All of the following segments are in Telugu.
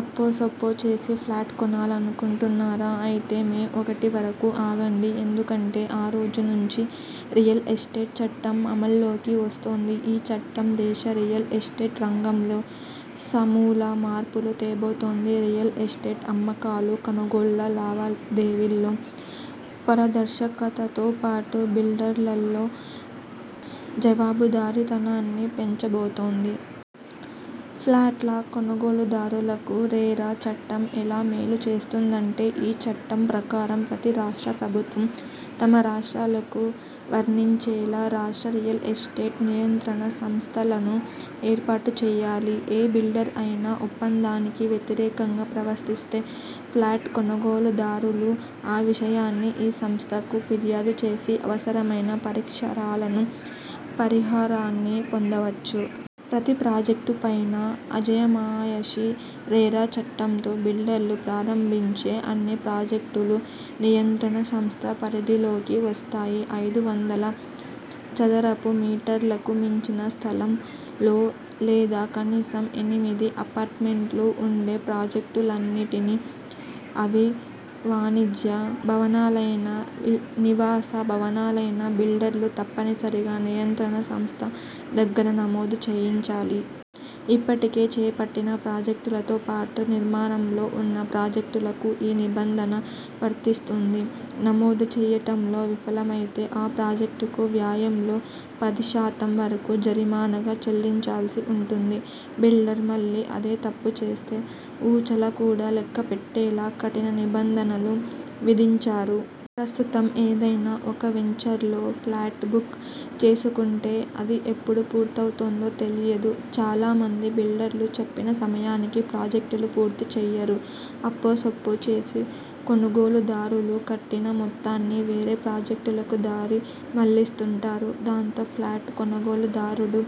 అప్పో సప్పో చేసి ఫ్లాట్ కొనాలనుకుంటున్నారా? అయితే మే ఒకటి వరకు ఆగండి. ఎందుకంటే ఆ రోజు నుంచి 'రియల్ ఎస్టేట్ చట్టం అమల్లోకి వస్తోంది. ఈ చట్టం దేశ రియల్ ఎస్టేట్ రంగంలో సమూల మార్పులు తేబోతోంది. రియల్ ఎస్టేట్ అమ్మకాలు, కొనుగోళ్ల లావాదేవీల్లో పారదర్శకత తో పాటు, బిల్డర్లలో జవాబుదారితనాన్నీ పెంచబోతోంది. ఫ్లాట్ల కొనుగోలుదారులకు 'రెరా' చట్టం ఎలా మేలు చేస్తుందంటే. ఈ చట్టం ప్రకారం ప్రతి రాష్ట్ర ప్రభుత్వం తమ రాష్ట్రాలకు వర్ణించేలా 'రాష్ట్ర రియల్ ఎస్టేట్ నియంత్రణ సంస్థ లను ఏర్పాటు చేయాలి. ఏ బిల్డర్ అయినా ఒప్పందానికి వ్యతిరేకంగా ప్రవసిస్తే ఫ్లాట్ కొనుగోలుదారులు ఆ విషయాన్ని ఈ సంస్థకు ఫిర్యాదు చేసి అవసరమైన పరిష్కారాలను, పరిహారాన్ని పొందవచ్చు. ప్రతి ప్రాజెక్టుపైనా అజమాయిషీ రెరా చట్టంతో బిల్డర్లు ప్రారంభించే అన్ని ప్రాజెక్టులు నియంత్రణ సంస్థ పరిధిలోకి వస్తాయి. ఐదు వందల చదరపు మీటర్లకు మించిన స్థలంలో లేదా కనీసం ఎనిమిది అపార్ట్మెంట్లు ఉండే ప్రాజెక్టులన్నింటినీ అవి వాణిజ్య భవనాలైనా, నివాస భవనాలైనా బిల్డర్లు తప్పనిసరిగా నియంత్రణ సంస్థ దగ్గర నమోదు చేయించాలి. ఇప్పటికే చేపట్టిన ప్రాజెక్టులతో పాటు, నిర్మాణంలో ఉన్న ప్రాజెక్టులకూ ఈ నిబంధన వర్తిస్తుంది. నమోదు చేయడంలో విఫలమైతే ఆ ప్రాజెక్టు వ్యయంలో పది శాతం వరకు జరిమానాగా చెల్లించాల్సి ఉంటుంది. బిల్డర్ మళ్లీ అదే తప్పు చేస్తే ఊచలు కూడా లెక్కపెట్టేలా కఠిన నిబంధనలు విధించారు. ప్రస్తుతం ఏదైనా ఒక వెంచర్లో ఫ్లాట్ బుక్ చేసుకుంటే అది ఎప్పుడు పూర్తవుతుందో తెలియదు. చాలా మంది బిల్డర్లు చెప్పిన సమయానికి ప్రాజెక్టులు పూర్తి చేయరు. అప్పో సప్పో చేసి కొనుగోలుదారులు కట్టిన మొత్తాన్ని వేరే ప్రాజెక్టులకు దారి మళ్లిస్తుంటారు. దాంతో ఫ్లాట్ కొనుగోలుదారులు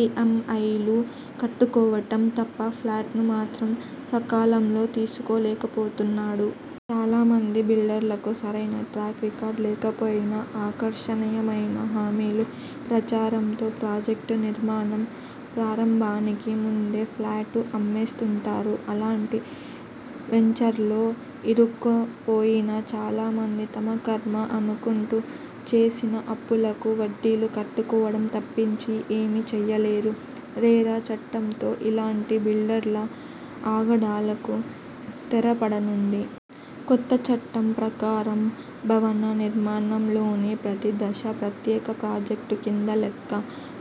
ఈ మ్ ఐ లు కట్టుకోవడం తప్ప, ఫ్లాట్ ను మాత్రం సకాలంలో తీసుకోలేకపోతున్నాడు. చాలా మంది బిల్డర్లకు సరైన ట్రాక్ రికార్డు లేకపోయినాఆకర్షణీయమైన హామీలు, ప్రచారంతో ప్రాజెక్టు నిర్మాణం ప్రారంభానికి ముందే ఫ్లాట్లు అమ్మేస్తుంటారు. అలాంటి వెంచర్లలో ఇరుక్కు పోయిన చాలా మంది తమ ఖర్మ అనుకుంటూ చేసిన అప్పులకు వడ్డీలు కట్టుకోవడం తప్పించి ఏమీ చేయలేరు. రెరా చట్టంతో ఇలాంటి బిల్డర్ల ఆగడాలకూ తెరపడనుంది. కొత్త చట్టం ప్రకారం భవన నిర్మాణంలోని ప్రతి దశా ప్రత్యేక ప్రాజెక్టు కింద లెక్క.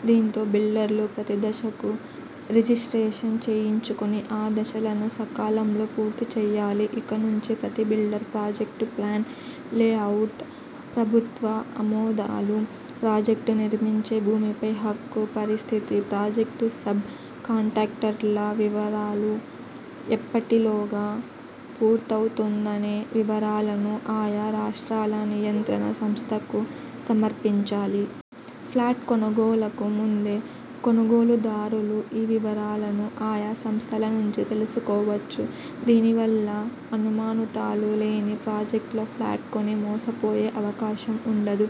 దీంతో బిల్డర్లు ప్రతి దశకూ రిజిస్ట్రేషన్ చేయించుకుని ఆ దశలను సకాలంలో పూర్తి చేయాలి. ఇక నుంచి ప్రతి బిల్డర్ ప్రాజెక్టు ప్లాన్, లేఅవుట్, ప్రభుత్వ ఆమోదాలు, ప్రాజెక్టు నిర్మించే భూమిపై హక్కు పరిస్థితి, ప్రాజెక్టు సబ్ కాంట్రాక్టర్ల వివరాలు, ఎప్పటిలోగా పూర్తవుతుందనే వివరాలను ఆయా రాష్ట్రాల నియంత్రణ సంస్థకు సమర్పించాలి. ఫ్లాట్ కొనుగోలుకు ముందే కొనుగోలుదారులు ఈ వివరాలను ఆయా సంస్థల నుంచి తెలుసుకోవచ్చు. దీని వల్ల అనుమానుతులు లేని ప్రాజెక్టుల్లో ఫ్లాట్లు కొని మోసపోయే అవకాశం ఉండదు.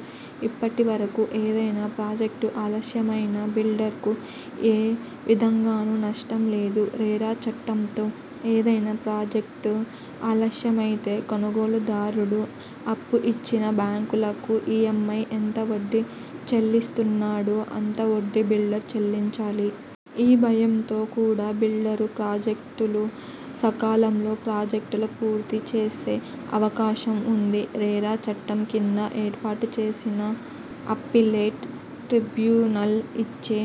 ఇప్పటి వరకు ఏదైనా ప్రాజెక్టు ఆలస్యమైనా బిల్డర్ కు ఏ విధంగానూ నష్టం లేదు. రెరా చట్టంతో ఏదైనా ప్రాజెక్టు ఆలస్యమైతే కొనుగోలుదారుడు అప్పు ఇచ్చిన బ్యాంకులకు ఈ మ్ ఐ ఎంత వడ్డీ చెల్లిస్తున్నాడో, అంత వడ్డీ బిల్డర్ చెల్లించాలి. ఈ భయంతో కూడా బిల్డర్లు ప్రాజెక్టులు సకాలంలో ప్రాజెక్టులు పూర్తి చేసే అవకాశం ఉంది. రెరా చట్టం కింద ఏర్పాటు చేసిన అప్పీలేట్ ట్రిబ్యునల్ ఇచ్చే